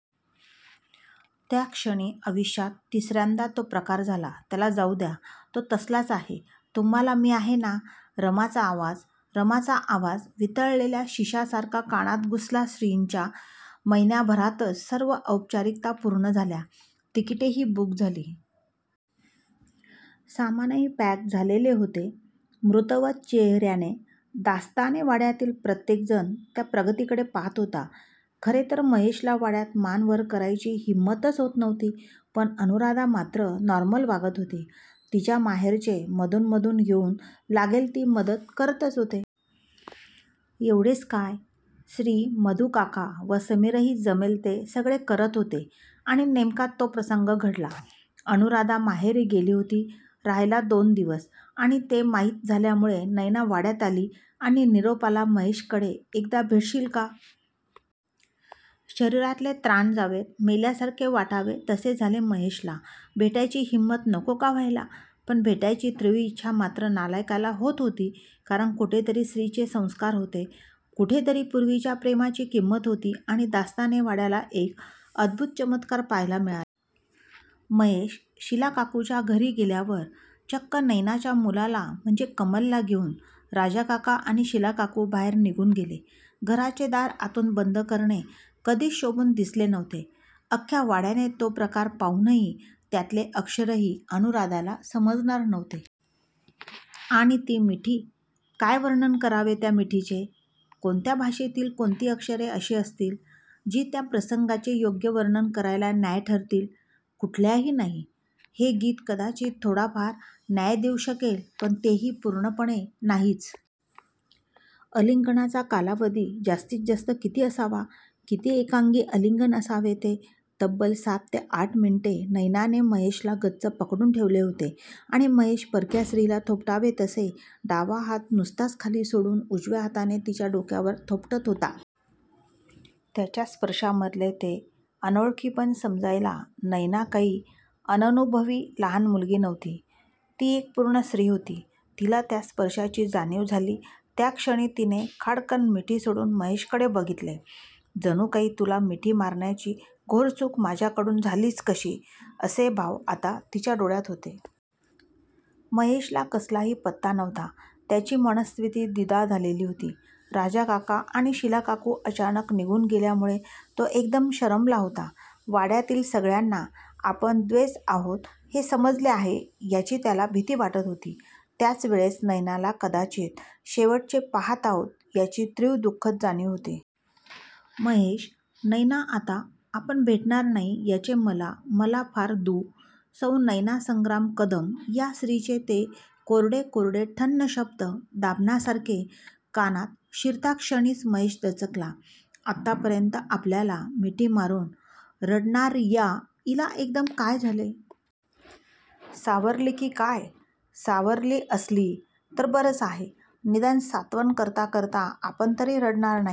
त्याच क्षणी आयुष्यात तिसर्यांदा तो प्रकार झाला. त्याला जाऊ द्या. तो तसलाच आहे. तुम्हाला मी आहे ना? रमाचा आवाज रमाचा आवाज वितळलेल्या शिशासारखा कानात घुसला श्रीच्या! महिन्याभरातच सर्व औपचारिकता पूर्ण झाल्या. तिकीटेही बूक झाली. सामानही पॅक झालेले होते. मृतवत चेहर्याने दास्ताने वाड्यातील प्रत्येक जण त्या प्रगतीकडे पाहात होता. खरे तर महेशला वाड्यात मान वर करायची हिम्मतच होत नव्हती. पण अनुराधा मात्र नॉर्मल वागत होती. तिच्या माहेरचे मधून मधून येऊन लागेल ती मदत करतच होते. एवढेच काय? श्री, मधूकाका व समीरही जमेल ते सगळे करत होते आणि नेमका तो प्रसंग घडला. अनुराधा माहेरी गेली होती राहायला दोन दिवस आणि ते माहीत झाल्यामुळे नैना वाड्यात आली आणि निरोप आला महेशकडे एकदा भेटशील का? शरीरातले त्राण जावेत, मेल्यासारखे वाटावे तसे झाले महेशला भेटायची हिम्मत नको का व्हायला? पण भेटायची तीव्र इच्छा मात्र नालायकाला होत होती कारण कुठेतरी श्रीचे संस्कार होते. कुठेतरी पुर्वीच्या प्रेमाची किंमत होती आणि दास्ताने वाड्याला एक अद्भुत चमत्कार पाहायला मिळाला. महेश शीलाकाकूच्या घरी गेल्यावर चक्क नैनाच्या मुलाला म्हणजे कमलला घेऊन राजाकाका आणि शीलाकाकू बाहेर निघून गेले. घराचे दार आतून बंद करणे कधीच शोभून दिसले नव्हते. अख्ख्या वाड्याने तो प्रकार पाहूनही त्यातले अक्षरही अनुराधाला समजणार नव्हते. आणि ती मिठी? काय वर्णन करावे त्या मिठीचे? कोणत्या भाषेतील कोणती अक्षरे अशी असतील जी त्या प्रसंगाचे योग्य वर्णन करायला न्याय्य ठरतील? कुठल्याही नाही. हे गीत कदाचित थोडाफार न्याय देऊ शकेल पण तेही पूर्णपणे नाहीच! आलिंगनाचा कालावधी जास्तीत जास्त किती असावा? किती एकांगी आलिंगन असावे ते? तब्बल सात ते आठ मिनिटे नैनाने महेशला गच्च पकडून ठेवले होते आणि महेश परक्या स्त्रीला थोपटावे तसे डावा हात नुसताच खाली सोडून उजव्या हाताने तिच्या डोक्यावर थोपटत होता. त्याच्या स्पर्शामधले ते अनोळखीपण समजायला नैना काही अननुभवी लहान मुलगी नव्हती. ती एक पूर्ण स्त्री होती. तिला त्या स्पर्शाची जाणीव झाली त्या क्षणी तिने खाडकन मिठी सोडून महेशकडे बघितले. जणू काही तुला मिठी मारण्याची घोर चूक माझ्याकडून झालीच कशी असे भाव आता तिच्या डोळ्यात होते. महेशला कसलाही पत्ता नव्हता. त्याची मनस्थिती द्विधा झालेली होती. राजाकाका आणि शीलाकाकू अचानक निघून गेल्यामुळे तो एकदम शरमला होता. वाड्यातील सगळ्यांना आपण द्घेच आहोत हे समजले आहे याची त्याला भीती वाटत होती. त्याचवेळेस नैनाला कदाचित शेवटचे पाहात आहोत याची तीव्र दु:खद जाणीव होती. महेश, नैना आता आपण भेटणार नाही याचे मला मला फार दु सौ. नैना संग्राम कदम या स्त्रीचे ते कोरडे कोरडे ठण्ण शब्द दाभणासारखे कानात शिरताक्षणीच महेश दचकला. आत्तापर्यंत आपल्याला मिठी मारून रडणार्या हिला एकदम काय झाले? सावरली की काय? सावरली असली तर बरंच आहे. निदान सांत्वन करता करता आपण तरी रडणार नाही.